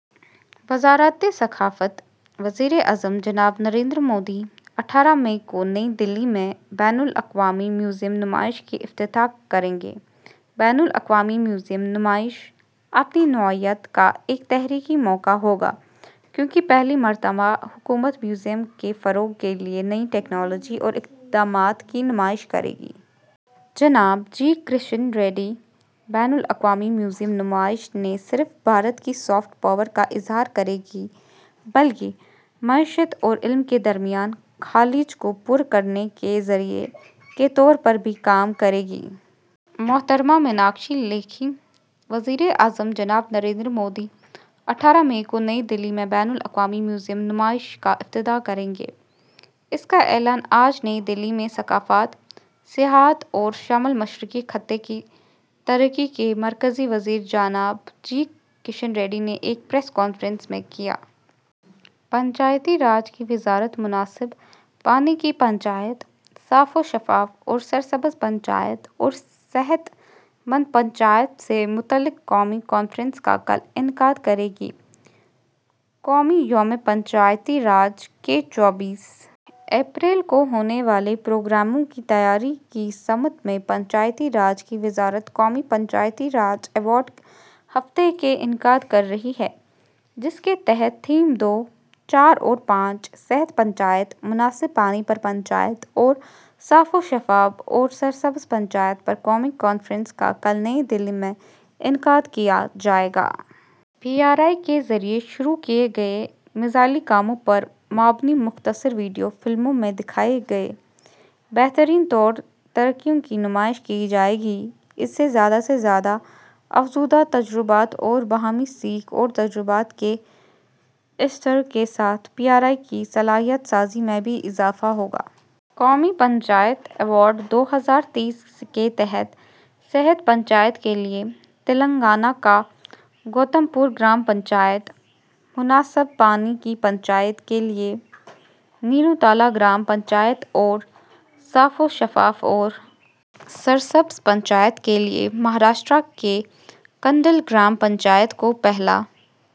وزارت ثقافت۔ وزیر اعظم جناب نریندر مودی، اٹھارہ مئی کو نئی دہلی میں بین الاقوامی میوزیم نمائش کا افتتاح کریں گے۔ بین الاقوامی میوزیم نمائش اپنی نوعیت کا ایک تاریخی موقع ہوگا، کیونکہ پہلی مرتبہ حکومت میوزیم کے فروغ کے لیے نئی ٹیکنالوجی اور اقدامات کی نمائش کرے گی۔ جناب جی کشن ریڈی۔ بین الاقوامی میوزیم نمائش نہ صرف بھارت کی سافٹ پاور کا اظہار کرے گی بلکہ معیشت اور علم کے درمیان خلیج کو پُر کرنے کے ذریعے کے طور پر بھی کام کرے گی۔ محترمہ میناکشی لیکھی۔ وزیر اعظم جناب نریندر مودی، اٹھارہ مئی کو نئی دہلی میں بین الاقوامی میوزیم نمائش کا افتتاح کریں گے۔ اس کا اعلان آج نئی دہلی میں ثقافت، سیاحت اور شمال مشرقی خطے کی ترقی کے مرکزی وزیر جناب جی کشن ریڈی نے ایک پریس کانفرنس میں کیا۔ پنچایتی راج کی وزارت مناسب پانی کی پنچایت، صاف و شفاف اور سرسبز پنچایت اور صحت مند پنچایت سے متعلق قومی کانفرنس کا کل انعقاد کرے گی۔ قومی یوم پنچایت راج کے چوبیس اپریل کو ہونے والے پروگراموں کی تیاری کی سمت میں پنچایتی راج کی وزارت قومی پنچایتی راج ایوارڈ ہفتہ کا انعقاد کر رہی ہے، جس کے تحت تھیم دو، چار اور پانچ، صحت پنچایت، مناسب پانی پر پنچایت اور صاف و شفاف اور سرسبز پنچایت پر قومی کانفرنس کا کل نئی دہلی میں انعقاد کیا جائے گا۔ پی آر آئی کے ذریعے شروع کیے گئے مثالی کاموں پر مبنی مختصر ویڈیو فلموں میں دکھائے گئے بہترین طور طریقوں کی نمائش کی جائے گی۔ اس سے زیادہ سے زیادہ افزودہ تجربات اور باہمی سیکھ اور تجربات کے اشتراک کے ساتھ پی آر آئی کی صلاحیت سازی میں بھی اضافہ ہوگا۔ قومی پنچایت ایوارڈ دو ہزار تئیس کے تحت صحت پنچایت کے لیے تلنگانہ کے گوتم پور گرام پنچایت، مناسب پانی کی پنچایت کے لیے نیلو ٹلا گرام پنچایت اور صاف و شفاف اور سرسبز پنچایت کے لیے مہاراشٹر کے کنڈل گرام پنچایت کو پہلا